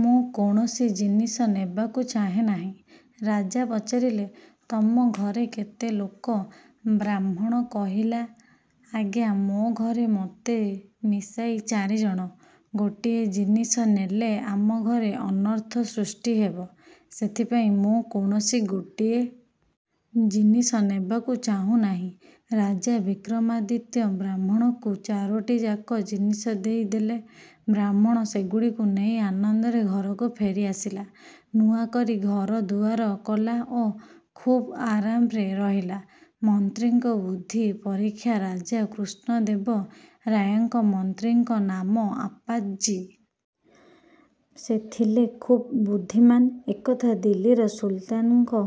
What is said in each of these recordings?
ମୁଁ କୌଣସି ଜିନିଷ ନେବାକୁ ଚାହେଁ ନାହିଁ। '' ରାଜା ପଚାରିଲେ-''ତମ ଘରେ କେତେ ଲୋକ? '' ବ୍ରାହ୍ମଣ କହିଲା- ''ଆଜ୍ଞା, ମୋ ଘରେ ମୋତେ ମିଶାଇ ଚାରି ଜଣ। ଗୋଟିଏ ଜିନିଷ ନେଲେ ଆମ ଘରେ ଅନର୍ଥ ସୃଷ୍ଟି ହେବ। ସେଥିପାଇଁ ମୁଁ କୌଣସି ଗୋଟିଏ। ଜିନିଷ ନେବାକୁ ଚାହୁଁ ନାହିଁ। ରାଜା ବିକ୍ରମାଦିତ୍ୟ ବ୍ରାହ୍ମଣକୁ ଚାରୋଟିଯାକ ଜିନିଷ ଦେଇ ଦେଲେ। ବ୍ରାହ୍ମଣ ସେଗୁଡ଼ିକୁ ନେଇ ଆନନ୍ଦରେ ଘରକୁ ଫେରି ଆସିଲା। ନୂଆ କରି ଘର ଦୁଆର କଲା ଓ ଖୁବ୍ ଆରାମରେ ରହିଲା। ମନ୍ତ୍ରୀଙ୍କ ବୁଦ୍ଧି ପରୀକ୍ଷା ରାଜା କୃଷ୍ଣଦେବ ରାୟଙ୍କ ମନ୍ତ୍ରୀଙ୍କ ନାମ ଅପ୍ପାଜୀ। ସେ ଥିଲେ ଖୁବ୍ ବୁଦ୍ଧିମାନ୍। ଏକଥା ଦିଲ୍ଲୀର ସୁଲତାନଙ୍କ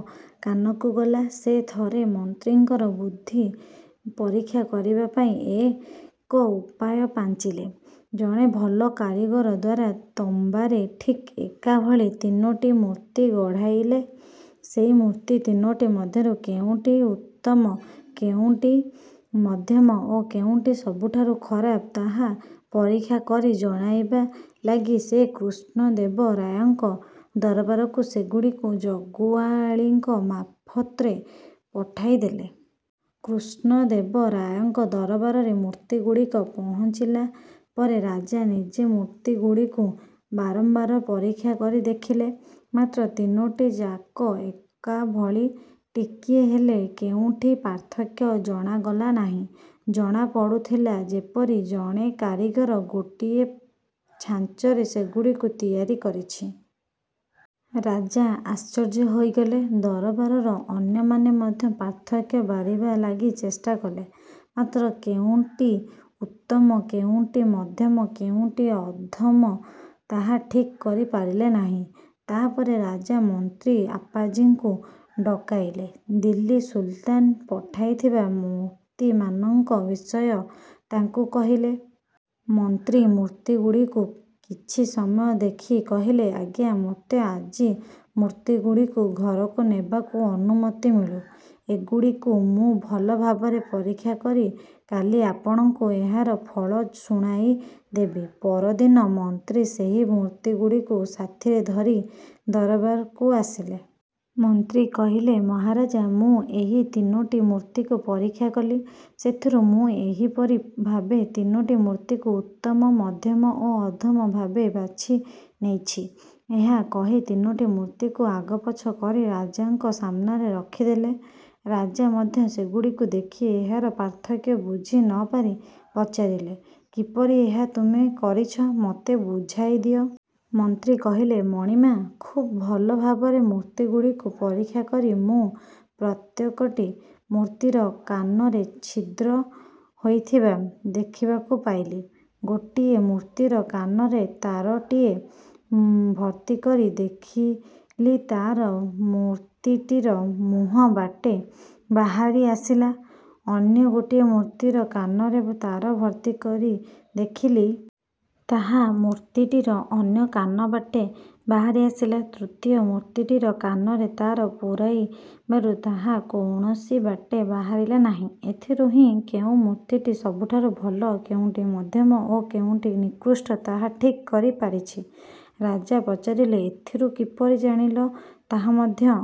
କାନକୁ ଗଲା। ସେ ଥରେ ମନ୍ତ୍ରୀଙ୍କର ବୁଦ୍ଧି ପରୀକ୍ଷା କରିବା ପାଇଁ ଏକ ଉପାୟ ପାଞ୍ଚିଲେ। ଜଣେ ଭଲ କାରିଗର ଦ୍ୱାରା ତମ୍ବାରେ ଠିକ୍ ଏକା ଭଳି ତିନୋଟି ମୂର୍ତ୍ତି ଗଢ଼ାଇଲେ। ସେଇ ମୂର୍ତ୍ତି ତିନୋଟି ମଧ୍ୟରୁ କେଉଁଟି ଉତ୍ତମ, କେଉଁଟି ମଧ୍ୟମ ଓ କେଉଁଟି ସବୁଠାରୁ ଖରାପ ତାହା ପରୀକ୍ଷା କରି ଜଣାଇବା ଲାଗି ସେ କୃଷ୍ଣଦେବ ରାୟଙ୍କ ଦରବାରକୁ ସେଗୁଡ଼ିକୁ ଜଗୁଆଳିଙ୍କ ମାର୍ଫତରେ ପଠାଇଦେଲେ। କୃଷ୍ଣଦେବ ରାୟଙ୍କ ଦରବାରରେ ମୂର୍ତ୍ତିଗୁଡ଼ିକ ପହଞ୍ଚିଲା ପରେ ରାଜା ନିଜେ ମୂର୍ତ୍ତିଗୁଡ଼ିକୁ ବାରମ୍ବାର ପରୀକ୍ଷା କରି ଦେଖିଲେ; ମାତ୍ର ତିନୋଟି ଯାକ ଏକା ଭଳି; ଟିକିଏ ହେଲେ କେଉଁଠି ପାର୍ଥକ୍ୟ ଜାଣାଗଲା ନାହିଁ। ଜଣା ପଡ଼ୁଥିଲା ଯେପରି ଜଣେ କାରିଗର ଗୋଟିଏ ଛାଞ୍ଚରେ ସେଗୁଡ଼ିକୁ ତିଆରି କରିଛି। ରାଜା ଆଶ୍ଚର୍ଯ୍ୟ ହୋଇଗଲେ। ଦରବାରର ଅନ୍ୟମାନେ ମଧ୍ୟ ପାର୍ଥକ୍ୟ ବାରିବା ଲାଗି ଚେଷ୍ଟା କଲେ। ମାତ୍ର କେଉଁଟି ଉତ୍ତମ, କେଉଁଟି ମଧ୍ୟମ ଓ କେଉଁଟି ଅଧମ ତାହା ଠିକ୍ କରି ପାରିଲେ ନାହିଁ। ତାପରେ ରାଜା ମନ୍ତ୍ରୀ ଅପ୍ପାଜୀଙ୍କୁ ଡକାଇଲେ। ଦିଲ୍ଲୀ ସୁଲତାନ ପଠାଇଥିବା ମୂର୍ତ୍ତିମାନଙ୍କ ବିଷୟ ତାଙ୍କୁ କହିଲେ। ମନ୍ତ୍ରୀ ମୂର୍ତ୍ତିଗୁଡ଼ିକୁ କିଛି ସମୟ ଦେଖି କହିଲେ-''ଆଜ୍ଞା, ମୋତେ ଆଜି ମୂର୍ତ୍ତିଗୁଡ଼ିକୁ ଘରକୁ ନେବାକୁ ଅନୁମତି ମିଳୁ। ଏଗୁଡ଼ିକୁ ମୁଁ ଭଲ ଭାବରେ ପରୀକ୍ଷା କରି କାଲି ଆପଣଙ୍କୁ ଏହାର ଫଳ ଶୁଣାଇ ଦେବି। '' ପରଦିନ ମନ୍ତ୍ରୀ ସେହି ମୂର୍ତ୍ତିଗୁଡ଼ିକୁ ସାଥିରେ ଧରି ଦରବାରକୁ ଆସିଲେ। ମନ୍ତ୍ରୀ କହିଲେ- ''ମହାରାଜ! ମୁଁ ଏହି ତିନୋଟି ମୂର୍ତ୍ତିକୁ ପରୀକ୍ଷା କଲି। ସେଥିରୁ ମୁଁ ଏହିପରି ଭାବେ ତିନୋଟି ମୂର୍ତ୍ତିକୁ ଉତ୍ତମ, ମଧ୍ୟମ ଓ ଅଧମ ଭାବେ ବାଛି ନେଇଛି''-ଏହା କହି ତିନୋଟି ମୂର୍ତ୍ତିକୁ ଆଗପଛ କରି ରାଜାଙ୍କ ସାମ୍ନାରେ ରଖି ଦେଲେ। ରାଜା ମଧ୍ୟ ସେଗୁଡ଼ିକୁ ଦେଖି ଏହାର ପାର୍ଥକ୍ୟ ବୁଝିନପାରି ପଚାରିଲେ-''କିପରି ଏହା ତୁମେ କରିଛ ମୋତେ ବୁଝାଇ ଦିଅ। '' ମନ୍ତ୍ରୀ କହିଲେ- ''ମଣିମା! ଖୁବ୍ ଭଲ ଭାବରେ ମୂର୍ତ୍ତିଗୁଡ଼ିକୁ ପରୀକ୍ଷା କରି ମୁଁ ପ୍ରତ୍ୟେକଟି ମୂର୍ତ୍ତିର କାନରେ ଛିଦ୍ର ହୋଇଥିବା ଦେଖିବାକୁ ପାଇଲି। ଗୋଟିଏ ମୂର୍ତ୍ତିର କାନରେ ତାରଟିଏ ଭର୍ତ୍ତିକରି ଦେଖିଲି ତାହା ମୂର୍ତ୍ତିଟିର ମୁହଁ ବାଟେ ବାହାରି ଆସିଲା। ଅନ୍ୟ ଗୋଟିଏ ମୂର୍ତ୍ତିର କାନରେ ତାର ଭର୍ତ୍ତିକରି ଦେଖିଲି। ତାହା ମୂର୍ତ୍ତିଟିର ଅନ୍ୟ କାନ ବାଟେ ବାହାରି ଆସିଲା। ତୃତୀୟ ମୂର୍ତ୍ତିଟିର କାନରେ ତାର ପୂରାଇବାରୁ ତାହା କୌଣସି ବାଟେ ବାହାରିଲା ନାହିଁ। ଏଥିରୁ ହିଁ କେଉଁ ମୂର୍ତ୍ତିଟି ସବୁଠାରୁ ଭଲ, କେଉଁଟି ମଧ୍ୟମ, ଓ କେଉଁଟି ନିକୃଷ୍ଟ ତାହା ଠିକ୍ କରି ପାରିଛି। '' ରାଜା ପଚାରିଲେ-''ଏଥିରୁ କିପରି ଜାଣିଲ ତାହା ମଧ୍ୟ